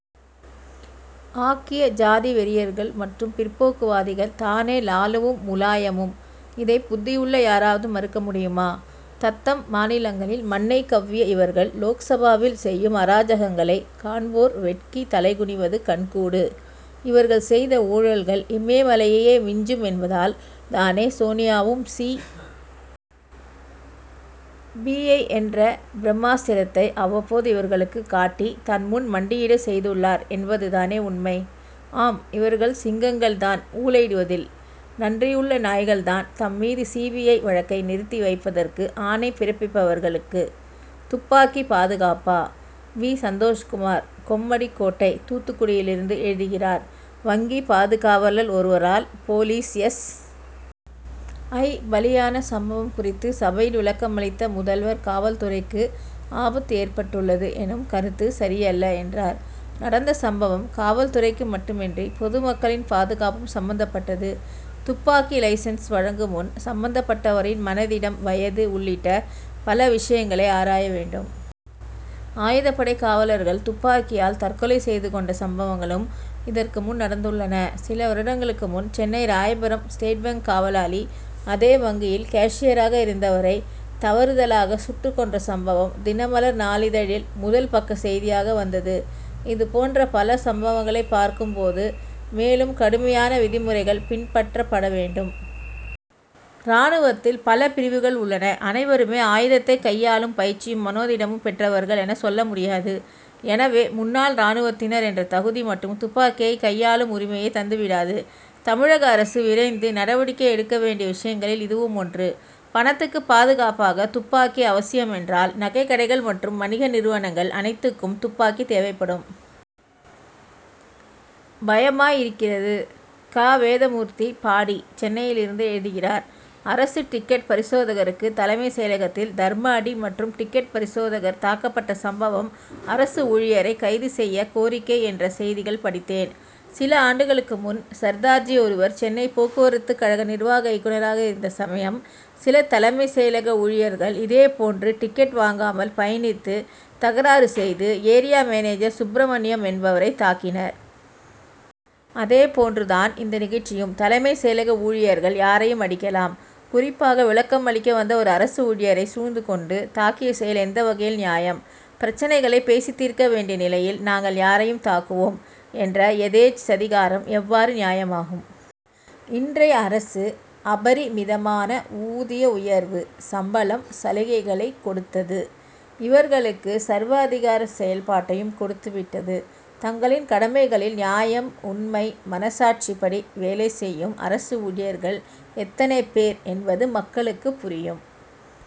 ஆக்கிய ஜாதி வெறியர்கள் மற்றும் பிற்போக்குவாதிகள் தானே லாலுவும் முலாயமும்! இதை புத்தியுள்ள யாராவது மறுக்க முடியுமா? தத்தம் மாநிலங்களில் மண்ணை கவ்விய இவர்கள் லோக்சபாவில் செய்யும் அராஜகங்களை காண்வோர் வெட்கி தலைகுனிவது கண்கூடு! இவர்கள் செய்த ஊழல்கள் இமயமலையை யே மிஞ்சும் என்பதால் தானே சோனியாவும் சி. பி. ஐ. என்ற பிரம்மாஸ்திரத்தை அவ்வப்போது இவர்களுக்கு காட்டி தன்முன் மண்டியிட செய்துள்ளார் என்பது தானே உண்மை. ஆம்இவர்கள் சிங்கங்கள் தான் ஊளையிடுவதில்! நன்றியுள்ள நாய்கள்தான் தம்மீது சி. பி. ஐ. வழக்கை நிறுத்தி வைப்பதற்கு ஆணை பிறப்பிப்பவர்களுக்கு! துப்பாக்கி பாதுகாப்பா? பி. சந்தோஷ் குமார் கொம்மடிக் கோட்டை தூத்துக்குடியிலிருந்து எழுதுகிறார் வங்கி பாதுகாவலர் ஒருவரால் போலீஸ் எஸ். ஐ. பலியான சம்பவம் குறித்து சபையில் விளக்கமளித்த முதல்வர் காவல் துறைக்கு ஆபத்து ஏற்பட்டுள்ளது எனும் கருத்து சரியல்ல என்றார். நடந்த சம்பவம் காவல்துறைக்கு மட்டுமின்றி பொதுமக்களின் பாதுகாப்பும் சம்பந்தப்பட்டது. துப்பாக்கி லைசென்ஸ் வழங்கும்முன் சம்பந்தப்பட்டவரின் மனதிடம் வயது உள்ளிட்ட பல விஷயங்களை ஆராய வேண்டும். ஆயுதப்படைக் காவலர்கள் துப்பாக்கியால் தற்கொலை செய்து கொண்ட சம்பவங்களும் இதற்குமுன் நடந்துள்ளன. சில வருடங்களுக்கு முன் சென்னை ராயபுரம் ஸ்டேட் பாங்க் காவலாளி அதே வங்கியில் கேஷியராக இருந்தவரை தவறுதலாக சுட்டுக் கொன்ற சம்பவம் தினமலர் நாளிதழில் முதல் பக்க செய்தியாக வந்தது. இதுபோன்ற பல சம்பவங்களைப் பார்க்கும் போது மேலும் கடுமையான விதிமுறைகள் பின்பற்றப்பட வேண்டும். ராணுவத்தில் பல பிரிவுகள் உள்ளன. அனைவருமே ஆயுதத்தைக் கையாளும் பயிற்சியும் மனோதிடமும் பெற்றவர்கள் என சொல்ல முடியாது. எனவே முன்னாள் ராணுவத்தினர் என்ற தகுதி மட்டும் துப்பாக்கியை கையாளும் உரிமையைத் தந்துவிடாது. தமிழக அரசு விரைந்து நடவடிக்கை எடுக்க வேண்டிய விஷயங்களில் இதுவும் ஒன்று. பணத்துக்கு பாதுகாப்பாக துப்பாக்கி அவசியம் என்றால் நகைக்கடைகள் மற்றும் வணிக நிறுவனங்கள் அனைத்துக்கும் துப்பாக்கி தேவைப்படும். பயமாய் இருக்கிறது! கா. வேதமூர்த்தி பாடி சென்னையிலிருந்து எழுதுகிறார் அரசு டிக்கெட் பரிசோதகருக்கு தலைமை செயலகத்தில் தர்ம அடி மற்றும் டிக்கெட் பரிசோதகர் தாக்கப்பட்ட சம்பவம் அரசு ஊழியரை கைது செய்ய கோரிக்கை என்ற செய்திகள் படித்தேன். சில ஆண்டுகளுக்கு முன் சர்தார்ஜி ஒருவர் சென்னை போக்குவரத்து கழக நிர்வாக இயக்குனராக இருந்த சமயம் சில தலைமை செயலக ஊழியர்கள் இதே போன்று டிக்கெட் வாங்காமல் பயணித்து தகராறு செய்து ஏரியா மேனேஜர் சுப்பிரமணியம் என்பவரை தாக்கினர். அதே போன்று தான் இந்த நிகழ்ச்சியும். தலைமை செயலக ஊழியர்கள் யாரையும் அடிக்கலாம். குறிப்பாக விளக்கம் அளிக்க வந்த ஒரு அரசு ஊழியரை சூழ்ந்து கொண்டு தாக்கிய செயல் எந்த வகையில் நியாயம்? பிரச்னைகளை பேசித் தீர்க்க வேண்டிய நிலையில் நாங்கள் யாரையும் தாக்குவோம் என்ற யதேச்சதிகாரம் எவ்வாறு நியாயம் ஆகும். இன்றைய அரசு அபரிமிதமான ஊதிய உயர்வு சம்பளம் சலுகைகளைக் கொடுத்தது இவர்களுக்கு சர்வாதிகார செயல் பாட்டையும் கொடுத்து விட்டது. தங்களின் கடமைகளில் நியாயம் உண்மை மனசாட்சிப்படி வேலை செய்யும் அரசு ஊழியர்கள் எத்தனை பேர் என்பது மக்களுக்குப் புரியும்.